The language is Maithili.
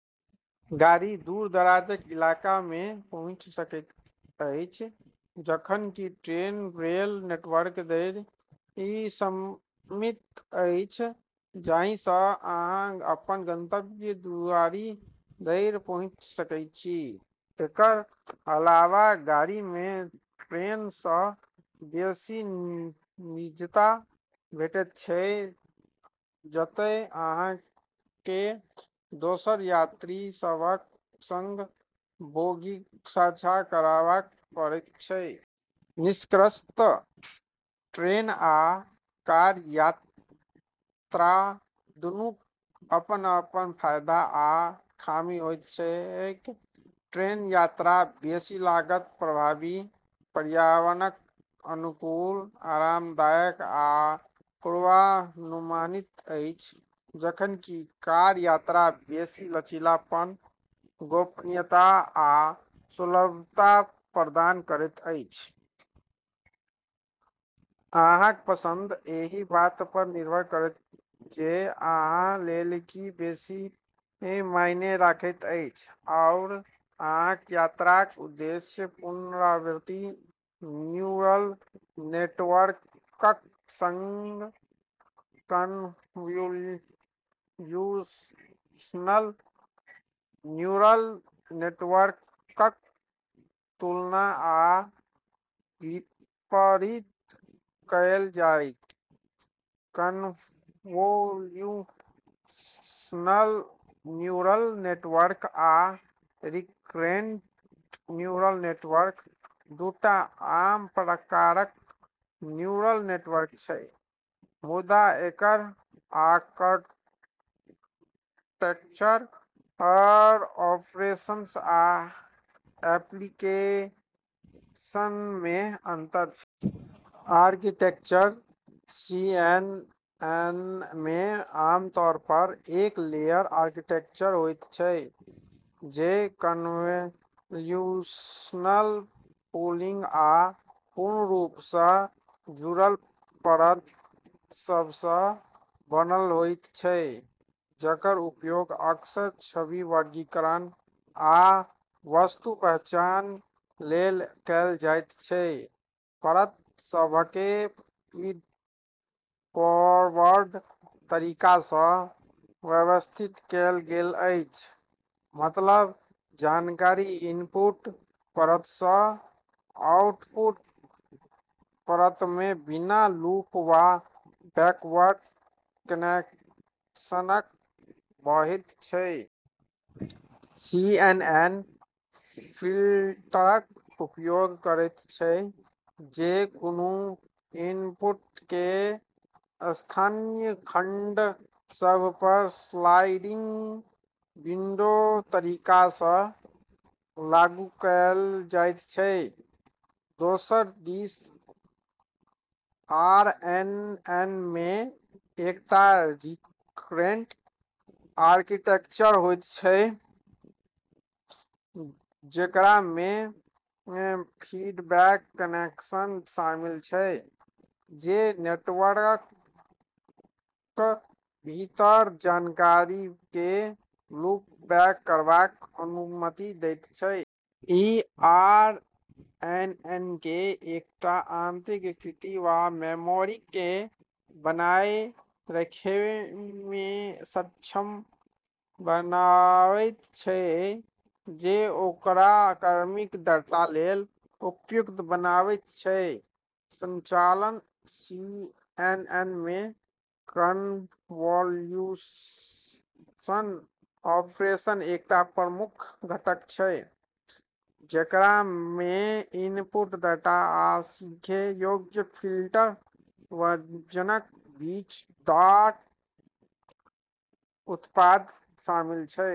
गाड़ी दूर-दराजक इलाकामे पहुँचि सकैत अछि, जखन कि ट्रेन रेल नेटवर्क धरि सीमित अछि, जाहिसँ अहाँ अपन गंतव्यक दुआरी धरि पहुँचि सकै छी। एकर अलावा गाड़ीमे ट्रेनसँ बेसी निजता भेटैत छै, जतै अहाँकेँ दोसर यात्री सभक संग बोगी साझा करबाक पड़ैत छै। निष्कर्षतः ट्रेन आ कार यात्रा दूनूक अपन-अपन फायदा आ खामी होइत छैक। ट्रेन यात्रा बेसी लागत प्रभावी, पर्यावरणक अनुकूल, आरामदायक आ पूर्वानुमानित अछि, जखन कि कार यात्रा बेसी लचीलापन, गोपनीयता आ सुलभता प्रदान करैत अछि। अहाँक पसंद एहि बातपर निर्भर करत जे अहाँ लेल की बेसी मायने रखैत अछि आओर अहाँक यात्राक उद्देश्य। पुनरावर्ती न्यूरल नेटवर्कक संग कन्वोल्यूशनल न्यूरल नेटवर्कक तुलना आ विपरीत कएल जाय। कन्वोल्यूशनल न्यूरल नेटवर्क आ रिकरेंट न्यूरल नेटवर्क दू टा आम प्रकारक न्यूरल नेटवर्क छै, मुदा एकर आर्किटेक्चर, ऑपरेशन आ एप्लीकेशनमे अंतर छै। आर्किटेक्चर: सीएनएनमे आमतौरपर एक लेयर आर्किटेक्चर होइत छै जे कन्वोल्यूशनल, पूलिंग आ पूर्ण रूपसँ जुड़ल परत सभसँ बनल होइत छै, जेकर उपयोग अक्सर छवि वर्गीकरण आ वस्तु पहचान लेल कएल जाइत छै। परत सभकेँ फीडफोरवर्ड तरीकासँ व्यवस्थित कएल गेल अछि, मतलब जानकारी इनपुट परतसँ आउटपुट परतमे बिना लूप वा बैकवर्ड कनेक्शनक बहैत छै। सीएनएन फिल्टरक उपयोग करैत छै जे कोनो इनपुटकेँ स्थानीय खंड सभपर स्लाइडिंग विंडो तरीकासँ लागू कएल जाइत छै। दोसर दिस आरएनएनमे एकटा रिकरेंट आर्किटेक्चर होइत छै जेकरामे फीडबैक कनेक्शन शामिल छै, जे नेटवर्कक भीतर जानकारीकेँ लूप बैक करबाक अनुमति दैत छै। ई आरएनएनकेँ एकटा आंतरिक स्थिति वा मेमोरीकेँ बनाए रखैमे सक्षम बनावैत छै, जे ओकरा क्रमिक डाटा लेल उपयुक्त बनावैत छै। संचालन: सीएनएनमे, कन्वोल्यूशन ऑपरेशन एकटा प्रमुख घटक छै, जेकरामे इनपुट डाटा आ सीखै योग्य फिल्टर वजनक बीच डॉट उत्पाद शामिल छै।